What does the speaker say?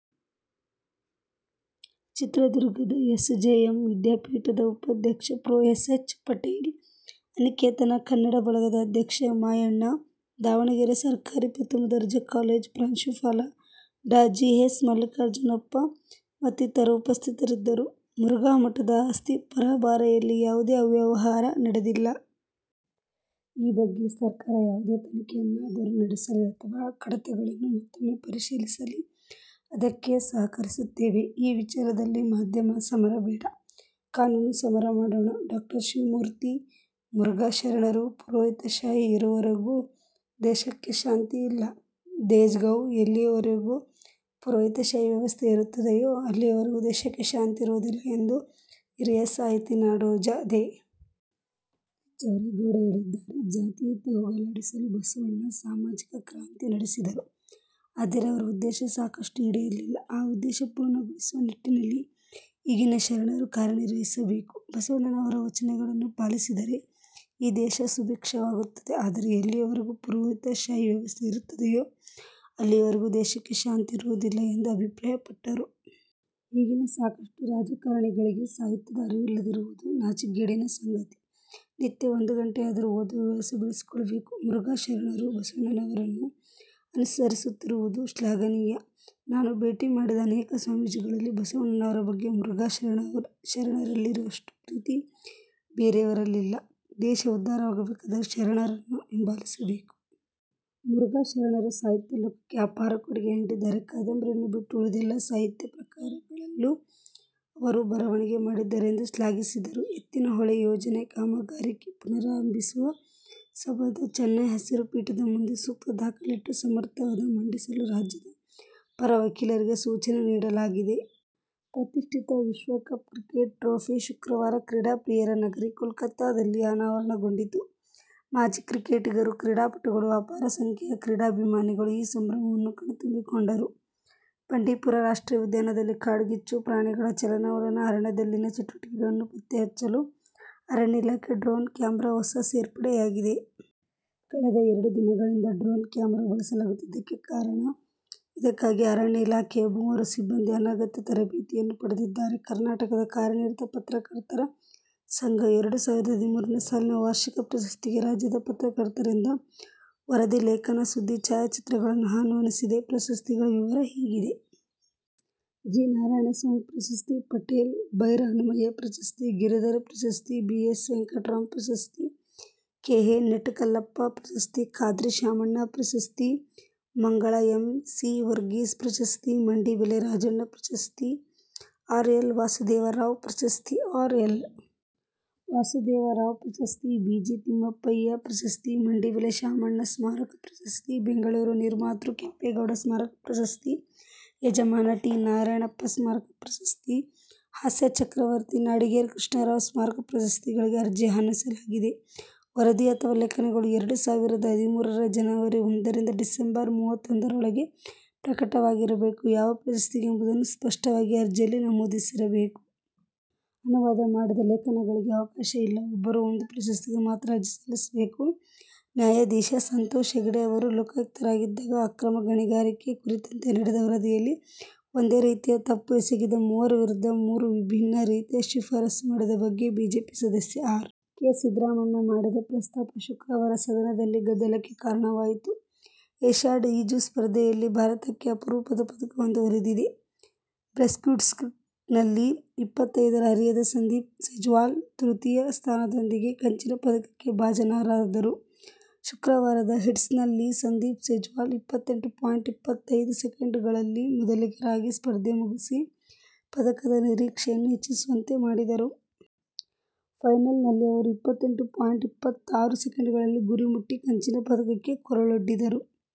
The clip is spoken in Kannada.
ಚಿತ್ರದುರ್ಗದ ಎಸ್. ಜೆ. ಎಂ. ವಿದ್ಯಾಪೀಠದ ಉಪಾಧ್ಯಕ್ಷ ಪ್ರೊ. ಎಸ್. ಎಚ್. ಪಟೇಲ್, ಅನಿಕೇತನ ಕನ್ನಡ ಬಳಗದ ಅಧ್ಯಕ್ಷ ಮಾಯಣ್ಣ, ದಾವಣಗೆರೆ ಸರ್ಕಾರಿ ಪ್ರಥಮದರ್ಜೆ ಕಾಲೇಜು ಪ್ರಾಂಶುಪಾಲ ಡಾ. ಜಿ. ಎಸ್. ಮಲ್ಲಿಕಾರ್ಜುನಪ್ಪ ಮತ್ತಿತರರು ಉಪಸ್ಥಿತರಿದ್ದರು. ಮುರುಘಾ ಮಠದ ಆಸ್ತಿ ಪರಭಾರೆಯಲ್ಲಿ ಯಾವುದೇ ಅವ್ಯವಹಾರ ನಡೆದಿಲ್ಲ. ಈ ಬಗ್ಗೆ ಸರ್ಕಾರ ಯಾವುದೇ ತನಿಖೆಯನ್ನಾದರೂ ನಡೆಸಲಿ. ಅಥವಾ ಕಡತಗಳನ್ನು ಮತ್ತೂಮ್ಮೆ ಪರಿಶೀಲಿಸಲಿ. ಅದಕ್ಕೆ ಸಹಕರಿಸುತ್ತೇವೆ. ಈ ವಿಚಾರದಲ್ಲಿ ಮಾಧ್ಯಮ ಸಮರ ಬೇಡ, ಕಾನೂನು ಸಮರ ಮಾಡೋಣ. ಡಾ. ಶಿವಮೂರ್ತಿ ಮುರಘಾ ಶರಣರು ಪುರೋಹಿತಶಾಹಿ ಇರೋವರೆಗೂ ದೇಶಕ್ಕೆ ಶಾಂತಿ ಇಲ್ಲ: ದೇಜಗೌ ಎಲ್ಲಿಯವರೆಗೆ ಪುರೋಹಿತಶಾಹಿ ವ್ಯವಸ್ಥೆ ಇರುತ್ತದೆಯೋ ಅಲ್ಲಿಯವರೆಗೆ ದೇಶಕ್ಕೆ ಶಾಂತಿ ಇರುವುದಿಲ್ಲ ಎಂದು ಹಿರಿಯ ಸಾಹಿತಿ ನಾಡೋಜ ದೇ. ಜವರೇಗೌಡ ಹೇಳಿದ್ದಾರೆ. ಜಾತೀಯತೆ ಹೋಗಲಾಡಿಸಲು ಬಸವಣ್ಣ ಸಾಮಾಜಿಕ ಕ್ರಾಂತಿ ನಡೆಸಿದರು. ಆದರೆ ಅವರ ಉದ್ದೇಶ ಸಾಕಷ್ಟು ಈಡೇರಲಿಲ್ಲ. ಆ ಉದ್ದೇಶ ಪೂರ್ಣಗೊಳಿಸುವ ನಿಟ್ಟಿನಲ್ಲಿ ಈಗಿನ ಶರಣರು ಕಾರ್ಯನಿರ್ವಹಿಸಬೇಕು. ಬಸವಣ್ಣನವರ ವಚನಗಳನ್ನು ಪಾಲಿಸಿದರೆ ಈ ದೇಶ ಸುಭಿಕ್ಷವಾಗುತ್ತದೆ. ಆದರೆ ಎಲ್ಲಿಯವರೆಗೆ ಪುರೋಹಿತಶಾಹಿ ವ್ಯವಸ್ಥೆ ಇರುತ್ತದೆಯೋ ಅಲ್ಲಿಯವರೆಗೆ ದೇಶಕ್ಕೆ ಶಾಂತಿ ಇರುವುದಿಲ್ಲ ಎಂದು ಅಭಿಪ್ರಾಯಪಟ್ಟರು. ಈಗಿನ ಸಾಕಷ್ಟು ರಾಜಕಾರಣಿಗಳಿಗೆ ಸಾಹಿತ್ಯದ ಅರಿವಿಲ್ಲದಿರುವುದು ನಾಚಿಕೆಗೇಡಿನ ಸಂಗತಿ. ನಿತ್ಯ ಒಂದು ಗಂಟೆಯಾದರೂ ಓದುವ ಹವ್ಯಾಸ ಬೆಳೆಸಿಕೊಳ್ಳಬೇಕು. ಮುರುಘಾ ಶರಣರು ಬಸವಣ್ಣನವರನ್ನು ಅನುಸರಿಸುತ್ತಿರುವುದು ಶ್ಲಾಘನೀಯ. ನಾನು ಭೇಟಿ ಮಾಡಿದ ಅನೇಕ ಸ್ವಾಮೀಜಿಗಳಲ್ಲಿ ಬಸವಣ್ಣನವರ ಬಗ್ಗೆ ಮುರುಘಾ ಶರಣರಲ್ಲಿರುವಷ್ಟು ಪ್ರೀತಿ ಬೇರೆಯವರಲ್ಲಿಲ್ಲ. ದೇಶ ಉದ್ಧಾರವಾಗಬೇಕಾದರೆ ಶರಣರನ್ನು ಹಿಂಬಾಲಿಸಬೇಕು. ಮುರುಘಾ ಶರಣರು ಸಾಹಿತ್ಯ ಲೋಕಕ್ಕೆ ಅಪಾರ ಕೊಡುಗೆ ನೀಡಿದ್ದಾರೆ. ಕಾದಂಬರಿಯನ್ನು ಬಿಟ್ಟು ಉಳಿದೆಲ್ಲಾ ಸಾಹಿತ್ಯ ಪ್ರಕಾರಗಳಲ್ಲೂ ಅವರು ಬರವಣಿಗೆ ಮಾಡಿದ್ದಾರೆ ಎಂದು ಶ್ಲಾಘಿಸಿದರು. ಎತ್ತಿನಹೊಳೆ ಯೋಜನೆ ಕಾಮಗಾರಿ ಪುನಾರಂಭಿಸುವ ಸಂಬಂಧ ಚೆನ್ನೈ ಹಸಿರು ಪೀಠದ ಮುಂದೆ ಸೂಕ್ತ ದಾಖಲೆ ಇಟ್ಟು ಸಮರ್ಥ ವಾದ ಮಂಡಿಸಲು ರಾಜ್ಯದ ಪರ ವಕೀಲರಿಗೆ ಸೂಚನೆ ನೀಡಲಾಗಿದೆ. ಪ್ರತಿಷ್ಠಿತ ವಿಶ್ವಕಪ್ ಕ್ರಿಕೆಟ್ ಟ್ರೋಫಿ ಶುಕ್ರವಾರ ಕ್ರೀಡಾಪ್ರಿಯರ ನಗರಿ ಕೋಲ್ಕತಾದಲ್ಲಿ ಅನಾವರಣಗೊಂಡಿತು. ಮಾಜಿ ಕ್ರಿಕೆಟಿಗರು, ಕ್ರೀಡಾಪಟುಗಳು, ಅಪಾರ ಸಂಖ್ಯೆಯ ಕ್ರೀಡಾಭಿಮಾನಿಗಳು ಈ ಸಂಭ್ರಮವನ್ನು ಕಣ್ತುಂಬಿಕೊಂಡರು. ಬಂಡೀಪುರ ರಾಷ್ಟ್ರೀಯ ಉದ್ಯಾನದಲ್ಲಿ ಕಾಡ್ಗಿಚ್ಚು, ಪ್ರಾಣಿಗಳ ಚಲನವಲನ, ಅರಣ್ಯದಲ್ಲಿನ ಚಟುವಟಿಕೆಗಳನ್ನು ಪತ್ತೆ ಹಚ್ಚಲು ಅರಣ್ಯ ಇಲಾಖೆ ಡ್ರೋನ್ ಕ್ಯಾಮರಾ ಹೊಸ ಸೇರ್ಪಡೆಯಾಗಿದೆ. ಕಳೆದ ಎರಡು ದಿನಗಳಿಂದ ಡ್ರೋನ್ ಕ್ಯಾಮರಾ ಬಳಸಲಾಗುತ್ತಿದೆ ಇದಕ್ಕಾಗಿ ಅರಣ್ಯ ಇಲಾಖೆಯ ಮೂವರು ಸಿಬ್ಬಂದಿ ಅಗತ್ಯ ತರಬೇತಿಯನ್ನೂ ಪಡೆದಿದ್ದಾರೆ. ಕರ್ನಾಟಕ ಕಾರ್ಯನಿರತ ಪತ್ರಕರ್ತರ ಸಂಘ ಎರಡು ಸಾವಿರದ ಹದಿಮೂರನೇ ಸಾಲಿನ ವಾರ್ಷಿಕ ಪ್ರಶಸ್ತಿಗೆ ರಾಜ್ಯದ ಪತ್ರಕರ್ತರಿಂದ ವರದಿ ಲೇಖನ ಸುದ್ದಿ ಛಾಯಾಚಿತ್ರಗಳನ್ನು ಆಹ್ವಾನಿಸಿದೆ ಪ್ರಶಸ್ತಿಗಳ ವಿವರ ಹೀಗಿದೆ. ಜಿ. ನಾರಾಯಣಸ್ವಾಮಿ ಪ್ರಶಸ್ತಿ, ಪಟೇಲ್ ಭೈರಹನುಮಯ್ಯ ಪ್ರಶಸ್ತಿ, ಗಿರಿಧರ್ ಪ್ರಶಸ್ತಿ, ಬಿ. ಎಸ್. ವೆಂಕಟರಾಂ ಪ್ರಶಸ್ತಿ, ಕೆ. ಎ. ನೆಟ್ಟಕಲ್ಲಪ್ಪ ಪ್ರಶಸ್ತಿ, ಖಾದ್ರಿ ಶಾಮಣ್ಣ ಪ್ರಶಸ್ತಿ, ಮಂಗಳ ಎಂ. ಸಿ. ವರ್ಗೀಸ್ ಪ್ರಶಸ್ತಿ, ಮಂಡಿಬೆಲೆ ರಾಜಣ್ಣ ಪ್ರಶಸ್ತಿ, ಆರ್. ಎಲ್. ವಾಸುದೇವರಾವ್ ಪ್ರಶಸ್ತಿ, ಆರ್. ಎಲ್. ವಾಸುದೇವರಾವ್ ಪ್ರಶಸ್ತಿ, ಬಿ. ಜಿ. ತಿಮ್ಮಪ್ಪಯ್ಯ ಪ್ರಶಸ್ತಿ, ಮಂಡಿಬೆಲೆ ಶಾಮಣ್ಣ ಸ್ಮಾರಕ ಪ್ರಶಸ್ತಿ, ಬೆಂಗಳೂರು ನಿರ್ಮಾತೃ ಕೆಂಪೇಗೌಡ ಸ್ಮಾರಕ ಪ್ರಶಸ್ತಿ, ಯಜಮಾನ್ ಟಿ. ನಾರಾಯಣಪ್ಪ ಸ್ಮಾರಕ ಪ್ರಶಸ್ತಿ, ಹಾಸ್ಯ ಚಕ್ರವರ್ತಿ ನಾಡಿಗೇರ ಕೃಷ್ಣರಾವ್ ಸ್ಮಾರಕ ಪ್ರಶಸ್ತಿಗಳಿಗೆ ಅರ್ಜಿ ಆಹ್ವಾನಿಸಲಾಗಿದೆ. ವರದಿ ಅಥವಾ ಲೇಖನಗಳು ಎರಡು ಸಾವಿರದ ಹದಿಮೂರರ ಜನವರಿ ಒಂದುರಿಂದ ಡಿಸಂಬರ್ ಮೂವತ್ತೊಂದರೊಳಗೆ ಪ್ರಕಟವಾಗಿರಬೇಕು ಯಾವ ಪ್ರಶಸ್ತಿಗೆ ಎಂಬುದನ್ನು ಸ್ಪಷ್ಟವಾಗಿ ಅರ್ಜಿಯಲ್ಲಿ ನಮೂದಿಸಿರಬೇಕು. ಅನುವಾದ ಮಾಡಿದ ಲೇಖನಗಳಿಗೆ ಅವಕಾಶ ಇಲ್ಲ. ಒಬ್ಬರು ಒಂದು ಪ್ರಶಸ್ತಿಗೆ ಮಾತ್ರ ಅರ್ಜಿ ಸಲ್ಲಿಸಬೇಕು. ನ್ಯಾಯಾಧೀಶ. ಸಂತೋಷ್ ಹೆಗ್ಡೆ ಅವರು ಲೋಕಾಯುಕ್ತರಾಗಿದ್ದಾಗ ಅಕ್ರಮ ಗಣಿಗಾರಿಕೆ ಕುರಿತಂತೆ ನೀಡಿದ್ದ ವರದಿಯಲ್ಲಿ ಒಂದೇ ರೀತಿಯ ತಪ್ಪು ಎಸಗಿದ ಮೂವರ ವಿರುದ್ಧ ಮೂರು ವಿಭಿನ್ನ ರೀತಿಯ ಶಿಫಾರಸು ಮಾಡಿದ್ದ ಬಗ್ಗೆ ಬಿಜೆಪಿ ಸದಸ್ಯ ಆರ್. ಕೆ. ಸಿದ್ದರಾಮಣ್ಣ ಮಾಡಿದ ಪ್ರಸ್ತಾಪ ಶುಕ್ರವಾರ ಸದನದಲ್ಲಿ ಗದ್ದಲಕ್ಕೆ ಕಾರಣವಾಯಿತು. ಏಷ್ಯಾಡ್ ಈಜು ಸ್ಪರ್ಧೆಯಲ್ಲಿ ಭಾರತಕ್ಕೆ ಅಪರೂಪದ ಪದಕವೊಂದು ಒಲಿದಿದೆ. ಬ್ರೆಸ್ಟ್ಸ್ಟ್ರೋಕ್ನಲ್ಲಿ ಇಪ್ಪತ್ತೈದರ ಹರೆಯದ ಸಂದೀಪ್ ಸೆಜ್ವಾಲ್ ತೃತೀಯ ಸ್ಥಾನದೊಂದಿಗೆ ಕಂಚಿನ ಪದಕಕ್ಕೆ ಭಾಜನರಾದರು ಶುಕ್ರವಾರದ ಹೀಟ್ಸ್ನಲ್ಲಿ ಸಂದೀಪ್ ಸೆಜ್ವಾಲ್ ಇಪ್ಪತ್ತೆಂಟು ಪಾಯಿಂಟ್ ಇಪ್ಪತ್ತೈದು ಸೆಕೆಂಡ್ಗಳಲ್ಲಿ ಮೊದಲಿಗರಾಗಿ ಸ್ಪರ್ಧೆ ಮುಗಿಸಿ ಪದಕದ ನಿರೀಕ್ಷೆಯನ್ನು ಹೆಚ್ಚಿಸುವಂತೆ ಮಾಡಿದ್ದರು. ಫೈನಲ್ನಲ್ಲಿ ಅವರು ಇಪ್ಪತ್ತೆಂಟು ಪಾಯಿಂಟ್ ಇಪ್ಪತ್ತಾರು ಸೆಕೆಂಡ್ಗಳಲ್ಲಿ ಗುರಿ ಮುಟ್ಟಿ ಕಂಚಿನ ಪದಕಕ್ಕೆ ಕೊರಳೊಡ್ಡಿದರು.